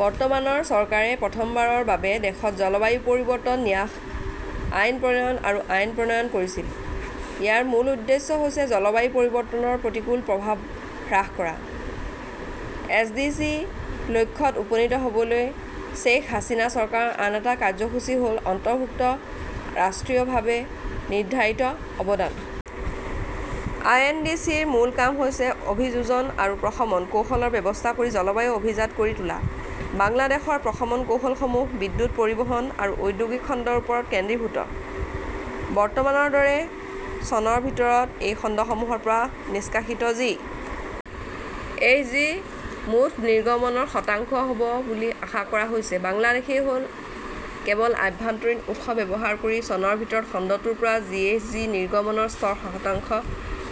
বৰ্তমানৰ চৰকাৰে প্ৰথমবাৰৰ বাবে দেশত জলবায়ু পৰিৱৰ্তন ন্যাস আইন প্ৰণয়ন আৰু আইন প্ৰণয়ন কৰিছিল। ইয়াৰ মূল উদ্দেশ্য হৈছে জলবায়ু পৰিৱৰ্তনৰ প্ৰতিকূল প্ৰভাৱ হ্ৰাস কৰা। এছ. ডি. জি. - লক্ষ্যত উপনীত হ'বলৈ শ্বেইখ হাছিনা চৰকাৰৰ আন এটা কাৰ্যসূচী হ'ল অন্তৰ্ভুক্ত ৰাষ্ট্ৰীয়ভাৱে নিৰ্ধাৰিত অৱদান। আই. এন. ডি. চি. -ৰ মূল কাম হৈছে অভিযোজন আৰু প্ৰশমন কৌশলৰ ব্যৱস্থা কৰি জলবায়ু অভিজাত কৰি তোলা। বাংলাদেশৰ প্ৰশমন কৌশলসমূহ বিদ্যুৎ, পৰিবহণ আৰু ঔদ্যোগিক খণ্ডৰ ওপৰত কেন্দ্ৰীভূত। "বৰ্তমানৰ দৰে, চনৰ ভিতৰত এই খণ্ডসমূহৰ পৰা নিষ্কাশিত জি. এইচ. জি. মুঠ নিৰ্গমনৰ শতাংশ হ'ব বুলি আশা কৰা হৈছে। বাংলাদেশই কেৱল আভ্যন্তৰীণ উৎস ব্যৱহাৰ কৰি চনৰ ভিতৰত খণ্ডটোৰ পৰা জি. এইচ. জি. নিৰ্গমনৰ স্তৰ শতাংশ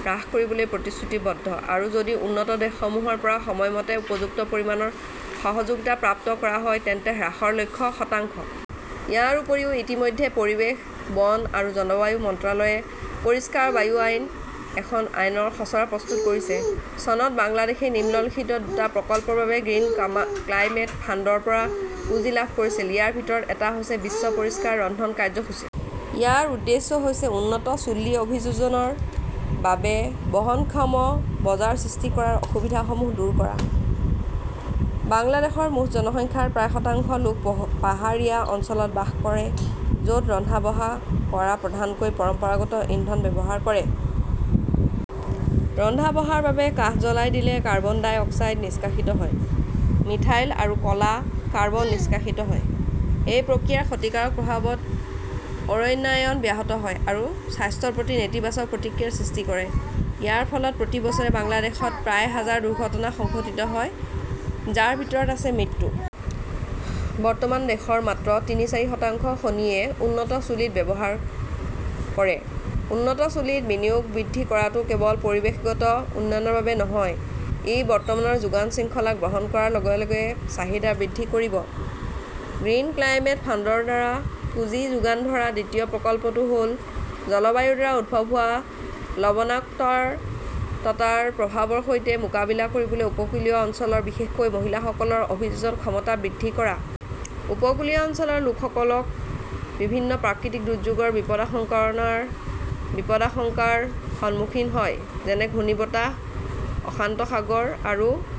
হ্ৰাস কৰিবলৈ প্ৰতিশ্ৰুতিবদ্ধ। আৰু যদি উন্নত দেশসমূহৰ পৰা সময়মতে উপযুক্ত পৰিমাণৰ সহযোগিতা প্ৰাপ্ত কৰা হয়, তেন্তে হ্ৰাসৰ লক্ষ্য শতাংশ। ইয়াৰ উপৰিও, ইতিমধ্যে পৰিৱেশ, বন আৰু জলবায়ু মন্ত্ৰালয়ে 'পৰিষ্কাৰ বায়ু আইন, "এখন আইনৰ খচৰা প্ৰস্তুত কৰিছে। চনত বাংলাদেশই নিম্নলিখিত দুটা প্ৰকল্পৰ বাবে গ্ৰীণ ক্লাইমেট ফাণ্ড ৰ পৰা পুঁজি লাভ কৰিছিল। ইয়াৰ ভিতৰত এটা হৈছে 'বিশ্ব পৰিষ্কাৰ ৰন্ধন কাৰ্যসূচী "। ইয়াৰ উদ্দেশ্য হৈছে উন্নত চুল্লী অভিযোজনৰ বাবে বহনক্ষম বজাৰ সৃষ্টি কৰাৰ অসুবিধাসমূহ দূৰ কৰা। বাংলাদেশৰ মুঠ জনসংখ্যাৰ প্ৰায় শতাংশ লোক পহ পাহাৰীয়া অঞ্চলত বাস কৰে য 'ত ৰন্ধা-বঢ়া কৰা প্ৰধানকৈ পৰম্পৰাগত ইন্ধন ব্যৱহাৰ কৰে। ৰন্ধা-বঢ়াৰ বাবে কাঠ জ্বলাই দিলে কাৰ্বন ডাই অক্সাইড নিষ্কাশিত হয়। মিথাইল আৰু ক 'লা কাৰ্বন নিষ্কাশিত হয়। এই প্ৰক্ৰিয়াৰ ক্ষতিকাৰক প্ৰভাৱত অৰণ্যায়ন ব্যাহত হয় আৰু স্বাস্থ্যৰ প্ৰতি নেতিবাচক প্ৰতিক্ৰিয়াৰ সৃষ্টি কৰে। ইয়াৰ ফলত প্ৰতি বছৰে বাংলাদেশত প্ৰায় হাজাৰ দুৰ্ঘটনা সংঘটিত হয়, যাৰ ভিতৰত আছে মৃত্যু। বৰ্তমান, দেশৰ মাত্ৰ তিনি-চাৰি শতাংশ খনিয়ে উন্নত চুলিত ব্যৱহাৰ কৰে। উন্নত চুলিত বিনিয়োগ বৃদ্ধি কৰাটো কেৱল পৰিৱেশগত উন্নয়নৰ বাবে নহয়; ই বৰ্তমানৰ যোগান শৃংখলাক বহল কৰাৰ লগে লগে চাহিদা বৃদ্ধি কৰিব। গ্ৰীণ ক্লাইমেট ফাণ্ড ৰ দ্বাৰা পুঁজি যোগান ধৰা দ্বিতীয় প্ৰকল্পটো হ 'ল' জলবায়ুৰ দ্বাৰা উদ্ভৱ হোৱা লবণাক্ততাৰ প্ৰভাৱৰ সৈতে মোকাবিলা কৰিবলৈ উপকূলীয় অঞ্চলৰ বিশেষকৈ মহিলাসকলৰ অভিযোজন ক্ষমতা বৃদ্ধি কৰা '। উপকূলীয় অঞ্চলৰ লোকসকল বিভিন্ন প্ৰাকৃতিক দুৰ্যোগৰ বিপদাশংকৰণৰ বিপদাশংকাৰ সন্মুখীন হয়, যেনে ঘূৰ্ণীবতাহ, অশান্ত সাগৰ আৰু